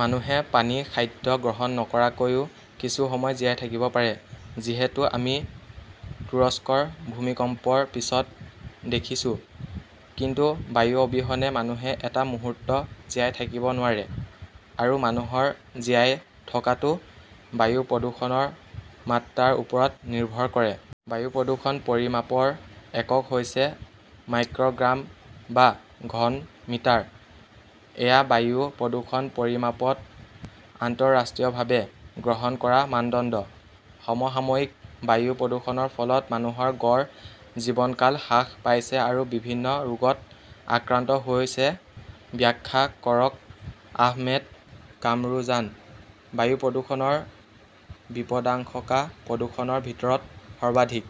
মানুহে পানী-খাদ্য গ্ৰহণ নকৰাকৈও কিছু সময় জীয়াই থাকিব পাৰে। যিহেতু আমি তুৰস্কৰ ভূমিকম্পৰ পিছত দেখিছো। কিন্তু বায়ু অবিহনে মানুহে এটা মুহূৰ্ত জীয়াই থাকিব নোৱাৰে। আৰু মানুহৰ জীয়াই থকাটো বায়ু প্ৰদূষণৰ মাত্ৰাৰ ওপৰত নিৰ্ভৰ কৰে। বায়ু প্ৰদূষণ পৰিমাপৰ একক হৈছে মাইক্ৰ গ্ৰাম বা ঘন মিটাৰ। এয়া বায়ু প্ৰদূষণ পৰিমাপত আন্তঃৰাষ্ট্ৰীয়ভাৱে গ্ৰহণ কৰা মানদণ্ড। সমসাময়িকঃ বায়ু প্ৰদূষণৰ ফলত মানুহৰ গড় জীৱনকাল হ্ৰাস পাইছে আৰু বিভিন্ন ৰোগত আক্ৰান্ত হৈছে-ব্যাখ্যা কৰক আহমেদ কামৰুজানঃ বায়ু প্ৰদূষণৰ বিপদাশংকা প্ৰদূষণৰ ভিতৰত সৰ্বাধিক।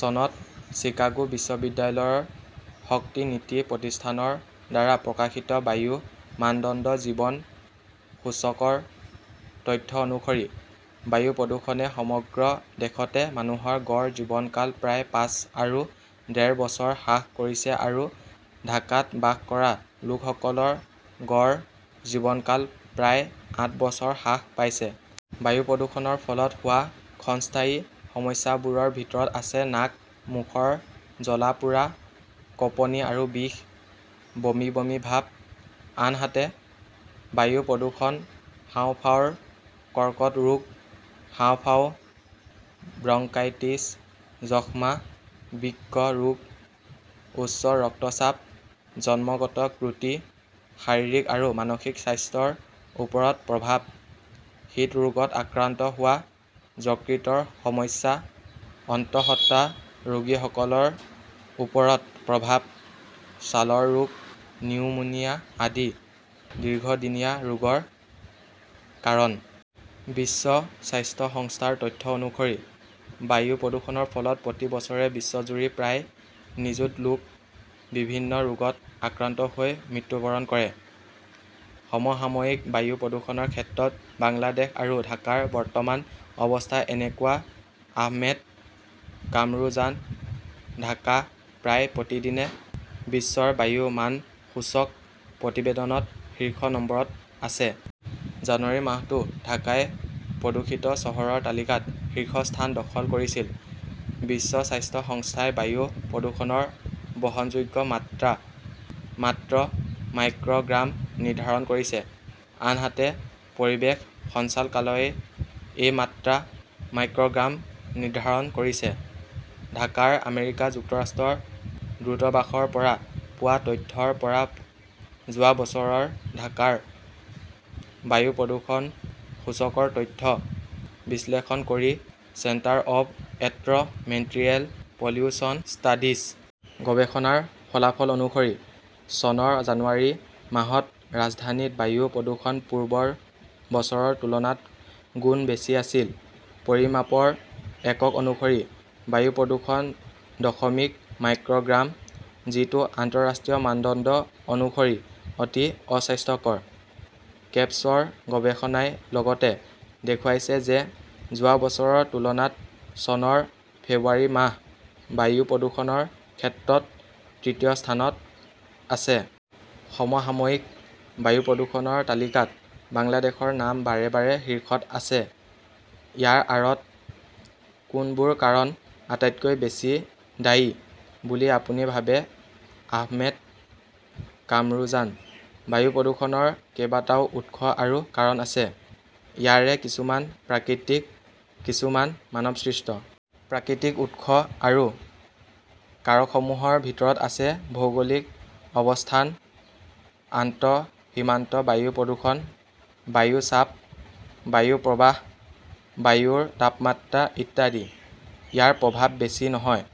চনত চিকাগো বিশ্ববিদ্যালয়ৰ শক্তি নীতি প্ৰতিষ্ঠান ৰ দ্বাৰা প্ৰকাশিত বায়ু মানদণ্ড জীৱন সূচক ৰ তথ্য অনুসৰি, বায়ু প্ৰদূষণে সমগ্ৰ দেশতে মানুহৰ গড় জীৱনকাল প্ৰায় পাঁচ আৰু ডেৰ বছৰ হ্ৰাস কৰিছে আৰু ঢাকাত বাস কৰা লোকসকলৰ গড় জীৱনকাল প্ৰায় আঠ বছৰ হ্ৰাস পাইছে। বায়ু প্ৰদূষণৰ ফলত হোৱা ক্ষণস্থায়ী সমস্যাবোৰৰ ভিতৰত আছে নাক মুখৰ জ্বলা পোৰা, কঁপনি আৰু বিষ, বমি বমি ভাব। আনহাতে, বায়ু প্ৰদূষণ হাঁওফাঁওৰ কৰ্কট ৰোগ, হাঁওফাঁও, ব্ৰংকাইটিছ, যক্ষ্মা, বৃক্ক ৰোগ, উচ্চ ৰক্তচাপ, জন্মগত ত্ৰুটি, শাৰীৰিক আৰু মানসিক স্বাস্থ্যৰ ওপৰত প্ৰভাৱ, হৃদৰোগত আক্ৰান্ত হোৱা, যকৃতৰ সমস্যা, অন্তঃসত্ত্বাৰোগীসকলৰ ওপৰত প্ৰভাৱ, ছালৰ ৰোগ, নিউমোনিয়া আদি দীৰ্ঘদিনীয়া ৰোগৰ কাৰণ। বিশ্ব স্বাস্থ্য সংস্থাৰ তথ্য অনুসৰি, বায়ু প্ৰদূষণৰ ফলত প্ৰতি বছৰে বিশ্বজুৰি প্ৰায় নিযুত লোক বিভিন্ন ৰোগত আক্ৰান্ত হৈ মৃত্যুবৰণ কৰে। সমসাময়িকঃ বায়ু প্ৰদূষণৰ ক্ষেত্ৰত বাংলাদেশ আৰু ঢাকাৰ বৰ্তমানৰ অৱস্থা এনেকুৱা আহমেদ কামৰুজানঃ ঢাকা প্ৰায় প্ৰতিদিনে বিশ্বৰ বায়ু মান সূচক প্ৰতিবেদনত শীৰ্ষ নম্বৰত আছে। জানুৱাৰী মাহতো ঢাকাই প্ৰদূষিত চহৰৰ তালিকাত শীৰ্ষস্থান দখল কৰিছিল। বিশ্ব স্বাস্থ্য সংস্থাই বায়ু প্ৰদূষণৰ বহনযোগ্য মাত্ৰা মাত্ৰ মাইক্ৰ গ্ৰাম নিৰ্ধাৰণ কৰিছে। আনহাতে পৰিৱেশ সঞ্চালকালয়ই এই মাত্ৰা মাইক্ৰ গ্ৰাম নিৰ্ধাৰণ কৰিছে। ঢাকাৰ আমেৰিকা যুক্তৰাষ্ট্ৰৰ দূতাবাসৰ পৰা পোৱা তথ্যৰ পৰা যোৱা বছৰৰ ঢাকাৰ বায়ু প্ৰদূষণ সূচকৰ তথ্য বিশ্লেষণ কৰি 'centre of environmental pollution studies. গৱেষণাৰ ফলাফল অনুসৰি, চনৰ জানুৱাৰী মাহত ৰাজধানীত বায়ু প্ৰদূষণ পূৰ্বৰ বছৰৰ তুলনাত গুণ বেছি আছিল। পৰিমাপৰ একক অনুসৰি বায়ু প্ৰদূষণ দশমিক মাইক্ৰ গ্ৰাম, যিটো আন্তঃৰাষ্ট্ৰীয় মানদণ্ড অনুসৰি অতি অস্বাস্থ্যকৰ। কেপছৰ গৱেষণাই লগতে দেখুৱাইছে যে যোৱা বছৰৰ তুলনাত চনৰ ফেব্ৰুৱাৰী মাহ বায়ু প্ৰদূষণৰ ক্ষেত্ৰত তৃতীয় স্থানত আছে। সমসাময়িকঃ বায়ু প্ৰদূষণৰ তালিকাত বাংলাদেশৰ নাম বাৰে বাৰে শীৰ্ষত আছে। ইয়াৰ আঁৰত কোনবোৰ কাৰণ আটাইতকৈ বেছি দায়ী বুলি আপুনি ভাবে আহমেদ কামৰুজানঃ বায়ু প্ৰদূষণৰ কেইবাটাও উৎস আৰু কাৰণ আছে। ইয়াৰে কিছুমান প্ৰাকৃতিক, কিছুমান মানৱসৃষ্ট। প্ৰাকৃতিক উৎস আৰু কাৰকসমূহৰ ভিতৰত আছে ভৌগোলিক অৱস্থান, আন্তঃসীমান্ত বায়ু প্ৰদূষণ, বায়ু চাপ, বায়ু প্ৰবাহ, বায়ুৰ তাপমাত্ৰা ইত্যাদি। ইয়াৰ প্ৰভাৱ বেছি নহয়।